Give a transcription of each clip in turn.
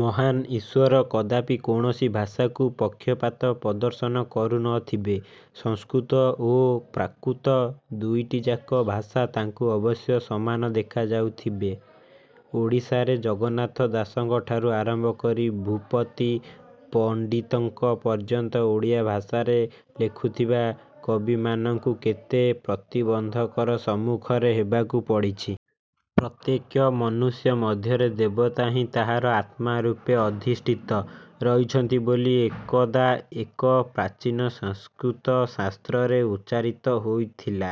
ମହାନ୍ ଈଶ୍ୱର କଦାପି କୌଣସି ଭାଷାକୁ ପକ୍ଷପାତ ପ୍ରଦର୍ଶନ କରୁନଥିବେ। ସଂସ୍କୃତ ଓ ପ୍ରାକୃତ ଦୁଇଟିଯାକ ଭାଷା ତାଙ୍କୁ ଅବଶ୍ୟ ସମାନ ଦେଖାଯାଉଥିବେ। ଓଡ଼ିଶାରେ ଜଗନ୍ନାଥ ଦାସଙ୍କଠାରୁ ଆରମ୍ଭ କରି ଭୂପତି ପଣ୍ଡିତଙ୍କ ପର୍ଯ୍ୟନ୍ତ ଓଡ଼ିଆ ଭାଷାରେ ଲେଖୁଥିବା କବିମାନଙ୍କୁ କେତେ ପ୍ରତିବନ୍ଧକର ସମ୍ମୁଖରେ ହେବାକୁ ପଡ଼ିଛି। ପ୍ରତ୍ୟେକ୍ୟ ମନୁଷ୍ୟ ମଧ୍ୟରେ ଦେବତା ହିଁ ତାହାର ଆତ୍ମା ରୂପେ ଅଧିଷ୍ଠିତ ରହିଛନ୍ତି ବୋଲି ଏକଦା ଏକ ପ୍ରାଚୀନ ସଂସ୍କୃତଶାସ୍ତ୍ରରେ ଉଚ୍ଚାରିତ ହୋଇଥିଲା।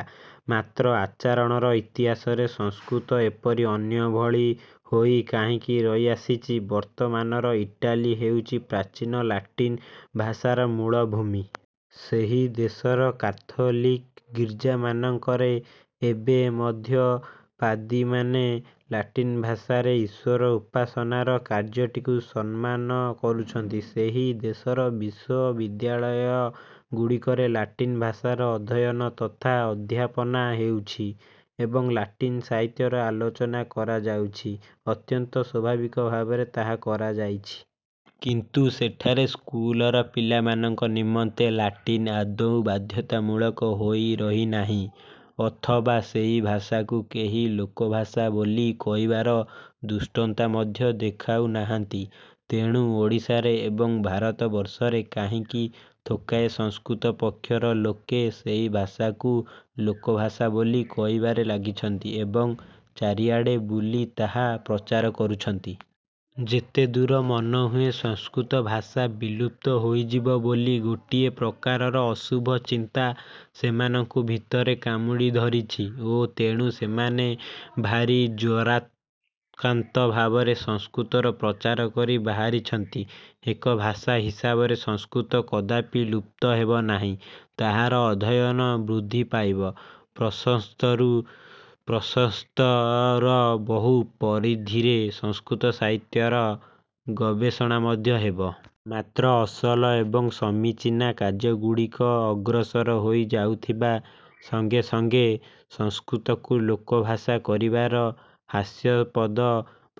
ମାତ୍ର ଆଚରଣର ଇତିହାସରେ ସଂସ୍କୃତ ଏପରି ଅନ୍ୟ ଭଳି ହୋଇ କାହିଁକି ରହିଆସିଛି? ବର୍ତ୍ତମାନର ଇଟାଲୀ ହେଉଛି ପ୍ରାଚୀନ ଲାଟିନ୍ ଭାଷାର ମୂଳ ଭୂମି। ସେହି ଦେଶର କାଥୋଲିକ୍ ଗୀର୍ଜାମାନଙ୍କରେ ଏବେ ମଧ୍ୟ ପାଦୀମାନେ ଲାଟିନ୍ ଭାଷାରେ ଈଶ୍ଵର ଉପାସନାର କାର୍ଯ୍ୟଟିକୁ ସମ୍ନାନ କରୁଛନ୍ତି। ସେହି ଦେଶର ବିଶ୍ୱବିଦ୍ୟାଳୟ ଗୁଡ଼ିକରେ ଲାଟିନ୍ ଭାଷାର ଅଧ୍ୟୟନ ତଥା ଅଧ୍ୟାପନା ହେଉଛି ଏବଂ ଲାଟିନ୍ ସାହିତ୍ୟର ଆଲୋଚନା କରାଯାଉଛି। ଅତ୍ୟନ୍ତ ସ୍ୱାଭାବିକ ଭାବରେ ତାହା କରାଯାଇଛି। କିନ୍ତୁ ସେଠାରେ ସ୍କୁଲର ପିଲାମାନଙ୍କ ନିମନ୍ତେ ଲାଟିନ୍ ଆଦୌ ବାଧ୍ୟତାମୂଳକ ହୋଇ ରହିନାହିଁ ଅଥବା ସେହି ଭାଷାକୁ କେହି ଲୋକଭାଷା ବୋଲି। କହିବାର ଧୃଷ୍ଟତା ମଧ୍ୟ ଦେଖାଉନାହାନ୍ତି। ତେଣୁ ଓଡ଼ିଶାରେ ଏବଂ ଭାରତବର୍ଷରେ କାହିଁକି ଥୋକାଏ ସଂସ୍କୃତ ପକ୍ଷର ଲୋକେ ସେହି ଭାଷାକୁ ଲୋକଭାଷା ବୋଲି କହିବାରେ ଲାଗିଛନ୍ତି ଏବଂ ଚାରିଆଡ଼େ ବୁଲି ତାହା ପ୍ରଚାର କରୁଛନ୍ତି? ଯେତେଦୂର ମନହୁଏ ସଂସ୍କୃତଭାଷା ବିଲୁପ୍ତ ହୋଇଯିବ ବୋଲି ଗୋଟିଏ ପ୍ରକାରର ଅଶୁଭ ଚିନ୍ତା ସେମାନଙ୍କୁ ଭିତରେ କାମୁଡ଼ି ଧରିଛି ଓ ତେଣୁ ସେମାନେ ଭାରି ଜ୍ୱରାକାନ୍ତ ଭାବରେ ସଂସ୍କୃତର ପ୍ରଚାର କରି ବାହାରିଛନ୍ତି। ଏକ ଭାଷା ହିସାବରେ ସଂସ୍କୃତ କଦାପି ଲୁପ୍ତ ହେବ ନାହିଁ। ତାହାର ଅଧ୍ୟୟନ ବୃଦ୍ଧି ପାଇବି ପ୍ରଶସ୍ତରୁ ପ୍ରଶସ୍ତତର ବହୁ ପରିଧିରେ ସଂସ୍କୃତ ସାହିତ୍ୟର ଗବେଷଣା ମଧ୍ୟ ହେବ। ମାତ୍ର ଅସଲ ଏବଂ ସମୀଚୀନା କାର୍ଯ୍ୟଗୁଡ଼ିକ ଅଗ୍ରସର ହୋଇ ଯାଉଥିବା ସଙ୍ଗେ ସଙ୍ଗେ ସଂସ୍କୃତକୁ ଲୋକଭାଷା କରିବାର ହାସ୍ୟାପଦ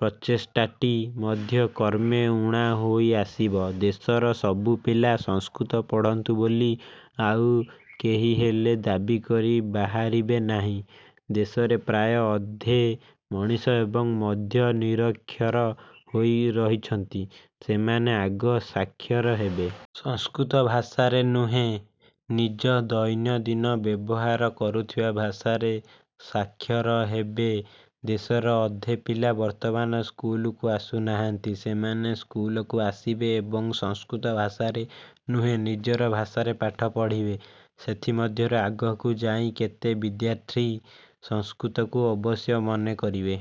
ପ୍ରଚେଷ୍ଟାଟି ମଧ୍ୟ କ୍ରମେ ଊଣା ହୋଇଆସିବ। ଦେଶର ସବୁ ପିଲା ସଂସ୍କୃତ ପଢ଼ନ୍ତୁ ବୋଲି ଆଉ କେହିହେଲେ ଦାବି କରି ବାହାରିବେ ନାହିଁ। ଦେଶରେ ପ୍ରାୟ ଅଧେ ମଣିଷ ଏବଂ ମଧ୍ୟ ନିରକ୍ଷର ହୋଇ ରହିଛନ୍ତି ସେମାନେ ଆଗ ସାକ୍ଷର ହେବେ। ସଂସ୍କୃତ ଭାଷାରେ ନୁହେଁ ନିଜ ଦୈନନ୍ଦିନ ବ୍ୟବହାର କରୁଥିବା ଭାଷାରେ ସାକ୍ଷର ହେବେ। ଦେଶର ଅଧେ ପିଲା ବର୍ତ୍ତମାନ ସ୍କୁଲକୁ ଆସୁନାହାନ୍ତି। ସେମାନେ ସ୍କୁଲକୁ ଆସିବେ ଏବଂ ସଂସ୍କୃତ ଭାଷାରେ ନୁହେଁ ନିଜର ଭାଷାରେ ପାଠ ପଢ଼ିବେ। ସେଥିମଧ୍ୟରୁ ଆଗକୁ ଯାଇ କେତେ ବିଦ୍ୟାର୍ଥୀ ସଂସ୍କୃତକୁ ଅବଶ୍ୟ ମନେ କରିବେ।